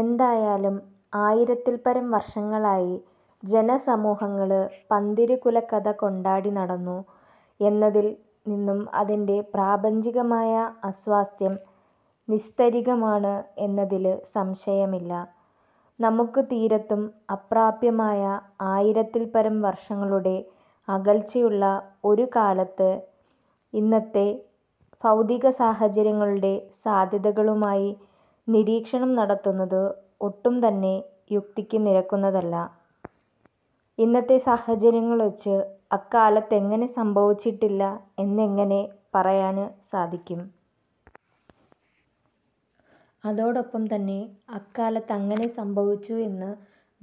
എന്തായാലും ആയിരത്തില്പരം വര്ഷങ്ങളായി ജനസമൂഹങ്ങള് പന്തിരുകുലകഥ കൊണ്ടാടി നടന്നു എന്നതില് നിന്നും അതിന്റെ പ്രാപഞ്ചികമായ അസ്തിത്വം നിസ്തര്ക്കമാണ് എന്നതില് സംശയമില്ല. നമുക്ക് തീര്ത്തും അപ്രാപ്യമായ ആയിരത്തില്പരം വര്ഷങ്ങളുടെ അകല്ച്ചയുള്ള ഒരു കാലത്തെ ഇന്നത്തെ ഭൗതികസാഹചര്യങ്ങളുടെ സാധ്യതകളുമായി നിരീക്ഷണം നടത്തുന്നത് ഒട്ടുംതന്നെ യുക്തിക്ക് നിരക്കുന്നതല്ല. ഇന്നത്തെ ലോകസാഹചര്യങ്ങള്വെച്ച് അക്കാലത്തങ്ങനെ സംഭവിച്ചിട്ടില്ല എന്നെങ്ങനെ പറയാന് സാധിക്കും. അതോടൊപ്പംതന്നെ അക്കാലത്ത് അങ്ങനെ സംഭവിച്ചു എന്ന്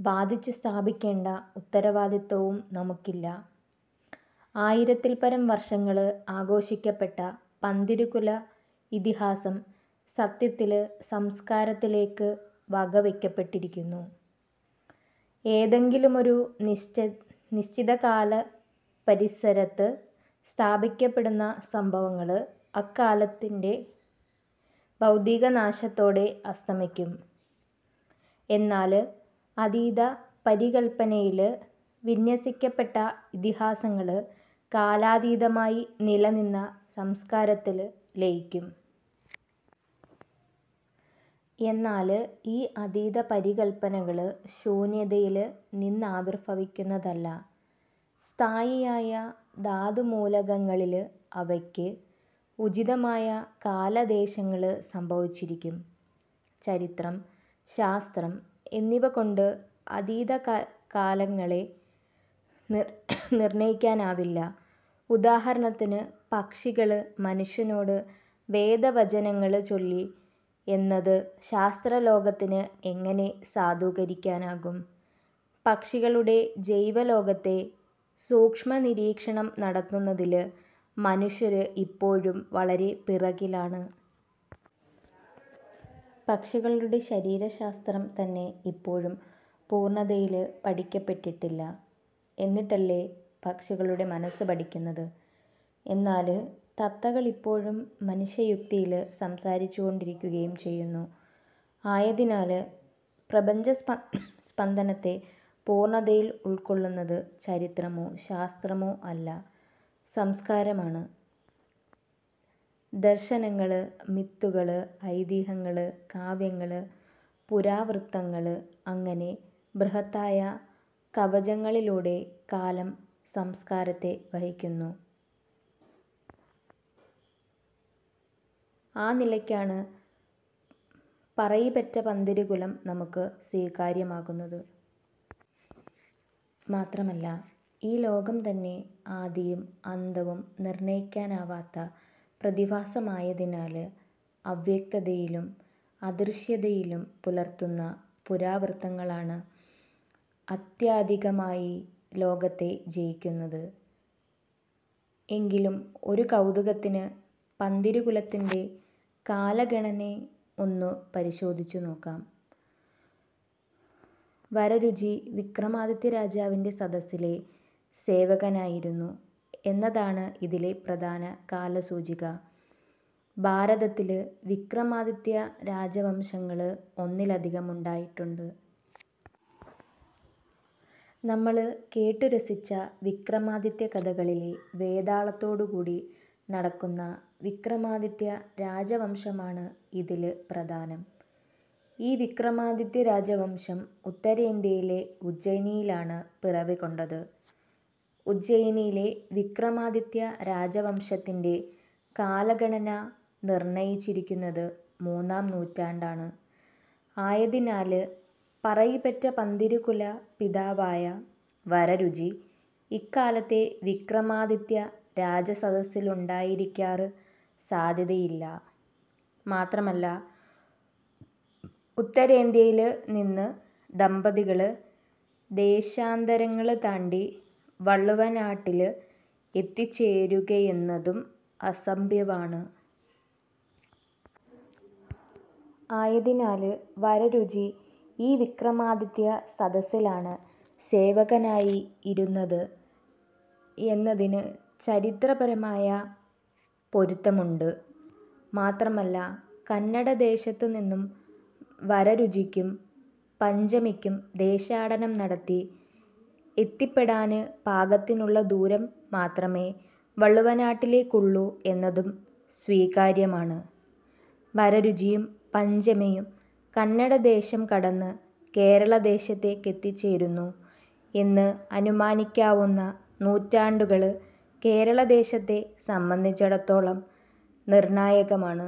വാദിച്ചു സ്ഥാപിക്കേണ്ട ഉത്തരവാദിത്വവും നമുക്കില്ല. ആയിരത്തില്പരം വര്ഷങ്ങള് ആഘോഷിക്കപ്പെട്ട പന്തിരുകുല ഇതിഹാസം സത്യത്തില് സംസ്കാരത്തിലേക്ക് വകവെക്കപ്പെട്ടിരിക്കുന്നു. ഏതെങ്കിലുമൊരു നിശ്ചിതകാല പരിസരത്ത് സ്ഥാപിക്കപ്പെടുന്ന സംഭവങ്ങള് ആ കാലത്തിന്റെ ഭൗതിക നാശത്തോടെ അസ്തമിക്കും. എന്നാല് അതീത പരികല്പനയില് വിന്യസിക്കപ്പെട്ട ഇതിഹാസങ്ങള് കാലാതീതമായി നിലനിന്ന് 'സംസ്കാര'ത്തില് ലയിക്കും. എന്നാല് ഈ അതീതപരികല്പനകള് ശൂന്യതയില് നിന്നാവിര്ഭവിക്കുന്നതല്ല. സ്ഥായിയായ ധാതുമൂലകങ്ങളില് അവയ്ക്ക് ഉചിതമായ കാലദേശങ്ങള് സംഭവിച്ചിരിക്കും. ചരിത്രം ശാസ്ത്രം എന്നിവകൊണ്ട് അതീത കാലങ്ങളെ നിര്ണയിക്കാനാവില്ല. ഉദാഹരണത്തിന് പക്ഷികള് മനുഷ്യനോട് വേദവചനങ്ങള് ചൊല്ലി എന്നത് ശാസ്ത്രലോകത്തിന് എങ്ങനെ സാധൂകരിക്കാനാവും. പക്ഷികളുടെ ജൈവലോകത്തെ സൂക്ഷ്മനിരീക്ഷണം നടത്തുന്നതില് മനുഷ്യര് ഇപ്പോഴും വളരെ പിറകിലാണ്. പക്ഷികളുടെ ശരീരശാസ്ത്രം തന്നെ ഇപ്പോഴും പൂര്ണതയില് പഠിക്കപ്പെട്ടിട്ടില്ല. എന്നിട്ടല്ലേ പക്ഷികളുടെ മനസ്സ് പഠിക്കുന്നത്. എന്നാല് തത്തകള് ഇപ്പോഴും മനുഷ്യയുക്തിയില് സംസാരിച്ചുകൊണ്ടിരിക്കുകയും ചെയ്യുന്നു. ആയതിനാല് പ്രപഞ്ച സ്പന്ദനത്തെ പൂര്ണതയില് ഉള്ക്കൊള്ളുന്നത് ചരിത്രമോ ശാസ്ത്രമോ അല്ല സംസ്കാരമാണ്. ദര്ശനങ്ങള്, മിത്തുകള്, ഐതിഹ്യങ്ങള്, കാവ്യങ്ങള്, പുരാവൃത്തങ്ങള് അങ്ങനെ ബൃഹത്തായ കവചങ്ങളിലൂടെ കാലം സംസ്കാരത്തെ വഹിക്കുന്നു. ആ നിലയ്ക്കാണ് പറയിപെറ്റ പന്തിരുകുലം നമുക്ക് സ്വീകാര്യമാവുന്നത്. മാത്രമല്ല ഈ ലോകംതന്നെ ആദിയും അന്തവും നിര്ണയിക്കാനാവാത്ത പ്രതിഭാസമായതിനാല് അവ്യക്തതയിലും അദൃശ്യതയിലും പുലരുന്ന പുരാവൃത്തങ്ങളാണ് ആത്യന്തികമായി ലോകത്തെ ജയിക്കുന്നത്. എങ്കിലും ഒരു കൗതുകത്തിന് പന്തിരുകുലത്തിന്റെ കാലഗണന ഒന്നു പരിശോധിച്ചുനോക്കാം. വരരുചി വിക്രമാദിത്യരാജാവിന്റെ സദസ്സിലെ സേവകനായിരുന്നു എന്നതാണ് ഇതില് പ്രധാനപ്പെട്ട കാലസൂചിക. ഭാരതത്തില് വിക്രമാദിത്യ രാജവംശങ്ങള് ഒന്നിലധികമുണ്ടായിട്ടുണ്ട്. നമ്മള് കേട്ടുരസിച്ച വിക്രമാദിത്യകഥകളിലെ വേതാളത്തോടുകൂടി നടക്കുന്ന വിക്രമാദിത്യ രാജവംശമാണ് ഇതില് പ്രധാനം. ഈ വിക്രമാദിത്യ രാജവംശം ഉത്തരേന്ത്യയിലെ ഉജ്ജയിനിയിലാണ് പിറവികൊണ്ടത്. ഉജ്ജയിനിയിലെ വിക്രമാദിത്യ രാജവംശത്തിന്റെ കാലഗണന നിര്ണയിച്ചിരിക്കുന്നത് മൂന്നാംനൂറ്റാണ്ടാണ്. ആയതിനാല് പറയിപെറ്റ പന്തിരുകുല പിതാവായ വരരുചി ഇക്കാലത്തെ വിക്രമാദിത്യ രാജസദസ്സിലുണ്ടായിരിക്കാന് സാധ്യതയില്ല. മാത്രമല്ല ഉത്തരേന്ത്യയില് നിന്ന് ദമ്പതികള് ദേശാന്തരങ്ങള് താണ്ടി വള്ളുവനാട്ടില് എത്തിച്ചേരുകയെന്നതും അസംഭവ്യമാണ്. ആയതിനാല് വരരുചി ഈ വിക്രമാദിത്യ സദസ്സിലാണ് സേവകനായി ഇരുന്നത് എന്നതിന് ചരിത്രപരമായ പൊരുത്തമുണ്ട്. മാത്രമല്ല. കന്നഡദേശത്തുനിന്ന് വരരുചിക്കും പഞ്ചമിക്കും ദേശാടനം നടത്തി എത്തിപ്പെടാന് പാകത്തിലുള്ള ദൂരം മാത്രമേ വള്ളുവനാട്ടിലേക്കുള്ളൂ എന്നതും സ്വീകാര്യമാണ്. വരരുചിയും പഞ്ചമിയും കന്നഡദേശം കടന്ന് കേരളദേശത്തെത്തിച്ചേര്ന്നു എന്ന് അനുമാനിക്കാവുന്ന നൂറ്റാണ്ടുകള് കേരളദേശത്തെ സംബന്ധിച്ചിടത്തോളം നിര്ണായകമാണ്.